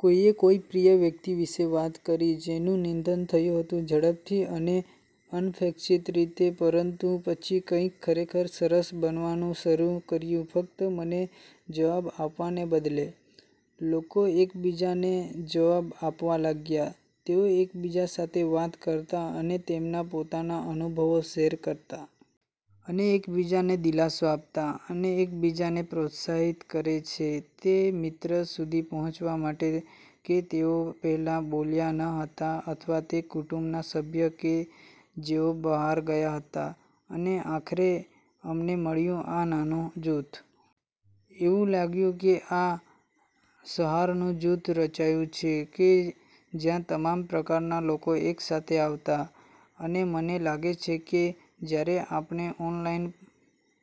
કોઈએ કોઈ પ્રિય વ્યક્તિ વિશે વાત કરી જેનું નિધન થયું હતું ઝડપથી અને અનપેક્ષિત રીતે. પરંતુ પછી કંઈક ખરેખર સરસ બનવાનું શરૂ કર્યું ફક્ત મને જવાબ આપવાને બદલે. લોકો એકબીજાને જવાબ આપવા લાગ્યા, તેઓ એકબીજા સાથે વાત કરતાં અને તેમના પોતાના અનુભવો શેર કરતાં. અને એકબીજાને દિલાસો આપતાં. અને એકબીજાને પ્રોત્સાહિત કરે છે તે મિત્ર સુધી પહોંચવા માટે કે તેઓ પહેલાં બોલ્યા ન હતા અથવા તે કુટુંબના સભ્ય કે જેઓ બહાર ગયાં હતાં. અને આખરે અમને મળ્યું આ નાનું જૂથ. એવું લાગ્યું કે આ સહારાનું જૂથ રચાયું છે કે જ્યાં તમામ પ્રકારના લોકો એકસાથે આવતા. અને મને લાગે છે કે જ્યારે આપણે ઓનલાઇન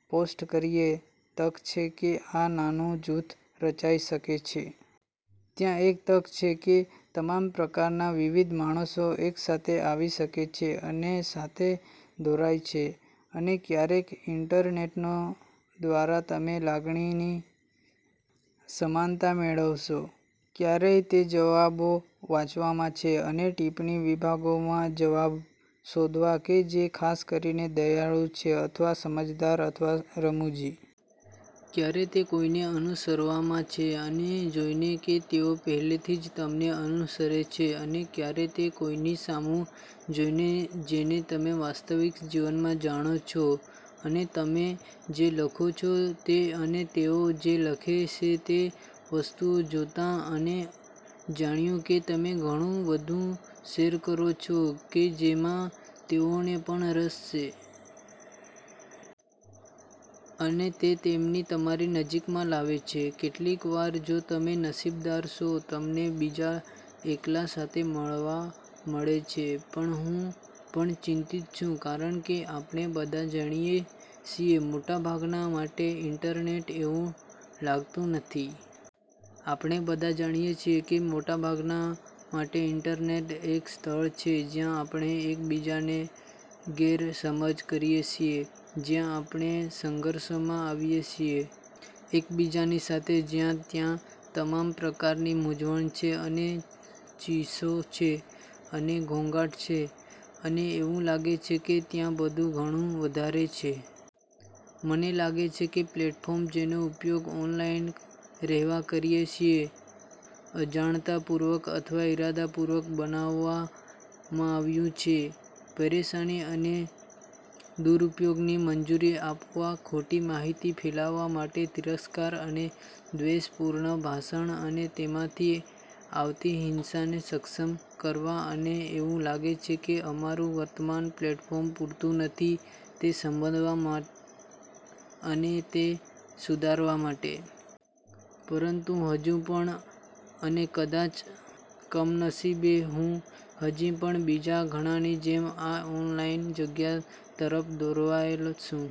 પોસ્ટ કરીએ, તક છે કે આ નાનું જૂથ રચાઈ શકે છે. ત્યાં એક તક છે કે તમામ પ્રકારના વિવિધ માણસો એકસાથે આવી શકે છે અને સાથે દોરાય છે. અને ક્યારેક ઇન્ટરનેટનો દ્વારા તમે લાગણીની સમાનતા મેળવશો. ક્યારેક તે જવાબો વાંચવામાં છે. અને ટિપ્પણી વિભાગોમાં જવાબ શોધવા કે જે ખાસ કરીને દયાળુ છે અથવા સમજદાર અથવા રમુજી. ક્યારેક તે કોઈને અનુસરવામાં છે. અને જોઈને કે તેઓ પહેલેથી જ તમને અનુસરે છે. અને ક્યારેક તે કોઈની સામું જોઈને જેને તમે વાસ્તવિક જીવનમાં જાણો છો અને તમે જે લખો છો તે અને તેઓ જે લખે છે તે વસ્તુઓ જોતાં અને જાણ્યું કે તમે ઘણું બધું શેર કરો છો કે જેમાં તેઓને પણ રસ છે. અને તે તેમને તમારી નજીકમાં લાવે છે. કેટલીકવાર, જો તમે નસીબદાર છો, તમને બીજા એકલાં સાથે મળવા મળે છે. પણ હું પણ ચિંતિત છું કારણકે આપણે બધા જાણીએ છીએ મોટાભાગના માટે ઇન્ટરનેટ એવું લાગતું નથી. આપણે બધા જાણીએ છીએ કે મોટાભાગના માટે ઇન્ટરનેટ એક સ્થળ છે જ્યાં આપણે એકબીજાને ગેરસમજ કરીએ છીએ, જ્યાં આપણે સંઘર્ષમાં આવીએ છીએ એકબીજાની સાથે, જ્યાં ત્યાં તમામ પ્રકારની મૂંઝવણ છે અને ચીસો છે અને ઘોંઘાટ છે અને એવું લાગે છે ત્યાં બધું ઘણું વધારે છે. મને લાગે છે કે પ્લેટફોર્મ જેનો ઉપયોગ ઓનલાઇન રહેવા કરીએ છીએ અજાણતાંપૂર્વક અથવા ઇરાદાપૂર્વક બનાવવામાં આવ્યું છે. પરેશાની અને દુરૂપયોગની મંજૂરી આપવા ખોટી માહિતી ફેલાવવા માટે, તિરસ્કાર અને દ્વેષપૂર્ણ ભાષણ અને તેમાંથી આવતી હિંસાને સક્ષમ કરવાં અને એવું લાગે છે અમારું વર્તમાન પ્લેટફોર્મ પૂરતૂં નથી તે સંબોધવા અને તે સુધારવા માટે. પરંતુ હજુ પણ અને કદાચ કમનસીબે, હું હજી પણ બીજા ઘણાની જેમ આ ઓનલાઇન જગ્યા તરફ દોરવાયેલ છું.